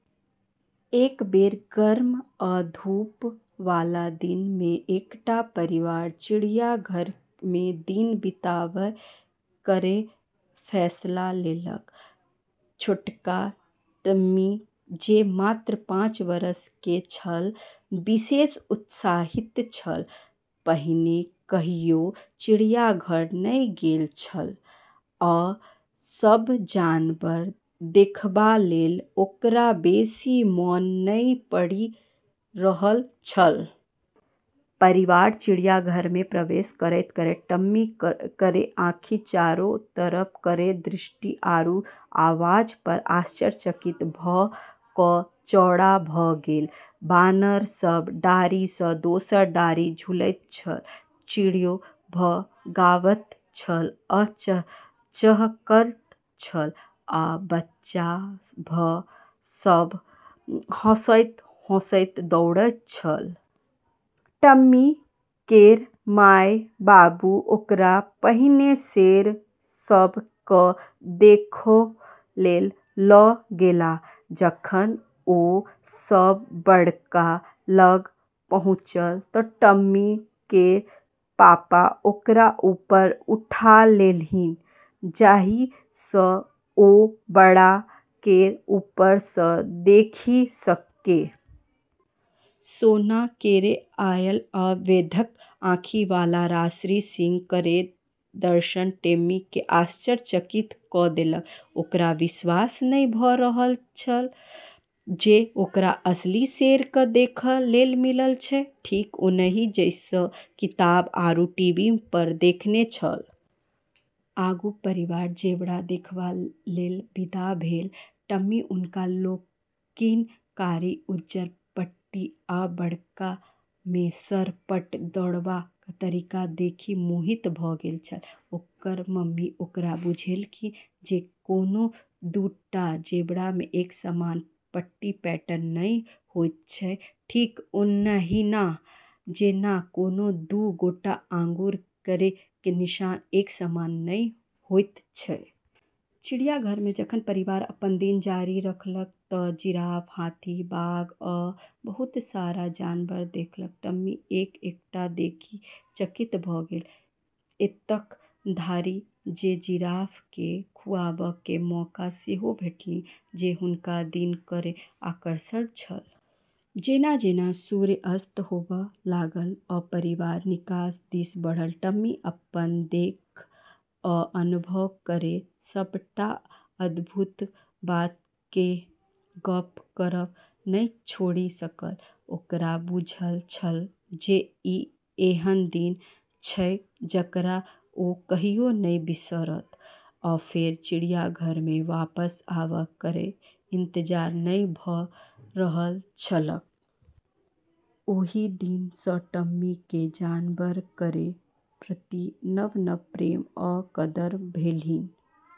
एक बेर गर्म आ धूप बला दिन मे एकटा परिवार चिड़ियाघर मे दिन बिताबै केर फैसला केलक। छोटका टिम्मी जे मात्र पाँच वर्ष केर छल, विशेष उत्साहित छल। पहिने कहियो चिड़ियाघर नहि गेल छल, आ सभ जानवर देखबाक लेल ओकरा बेसी मोन नहि पड़ि रहल छलैक। परिवार चिड़ियाघर मे प्रवेश करैत-करैत टिम्मी केर आँखि चारो तरफ केर दृश्य आरू आवाज पर आश्चर्यचकित भऽ कऽ चौड़ा भऽ गेलै। बानर सभ डारि सँ दोसर डारि झूलैत छल, चिड़ै सभ गाबैत छल आ चहकैत छल, आ बच्चा सभ हँसैत-हँसैत दौड़ैत छल। टिम्मी केर माय-बाबू ओकरा पहिने शेर सभ केँ देखै लेल लऽ गेलाह। जखन ओ सभ बाड़ा लग पहुँछल तँ टिम्मी केर पापा ओकरा ऊपर उठा लेलन्हि जाहि सँ ओ बाड़ा केर ऊपर सँ देखि सकए। सोना केर अयाल आ बेधक आँखि बला राजसी सिंह केर दर्शन टिम्मी केँ आश्चर्यचकित कऽ देलक। ओकरा विश्वास नहि भऽ रहल छेलै जे ओकरा असली शेर देखै लेल मिलै छै, ठीक ओहिने जइसे किताब आरू टीवी पर देखने छेलै। आगू परिवार ज़ेबरा देखबाक लेल विदा भेल। टिम्मी हुनका लोकनिक कारी-उज्जर पट्टी आ बाड़ा मे सरपट दौड़बाक तरीका देखि मोहित भऽ गेल छल। ओकर मम्मी ओकरा बुझौलन्हि जे कोनो दू टा ज़ेबरा मे एक समान पट्टी पैटर्न नहि होइत छैक, ठीक ओहिना जेना कोनो दू गोटेक आँगुर केर निशान एक समान नहि होइत छैक। चिड़ियाघर मे जखन परिवार अपन दिन जारी रखलक तँ जिराफ, हाथी, बाघ, आ बहुत रास जानवर देखलक। टिम्मी एक-एकटा देखि चकित भऽ गेल। एतेक धरि जे जिराफ केँ खुवाबै केर मौका सेहो भेटलन्हि जे हुनकर दिन केर आकर्षण छल। जेना-जेना सूर्यास्त होबै लागल आ परिवार निकास दिस बढ़ल, टिम्मी अपन देखल आ अनुभव केर सबटा अद्भुत बात केर गप्प करब नहि छोड़ि सकल। ओकरा बुझल छलैक जे ई एहन दिन छैक जकरा ओ कहियो नहि बिसरताह, आ फेर चिड़ियाघर मे वापस आबै केर इंतजार नहि भऽ रहल छलैक। ओहि दिन सँ टिम्मी केँ जानवर केर प्रति नव-नव प्रेम आ कदर भेलन्हि।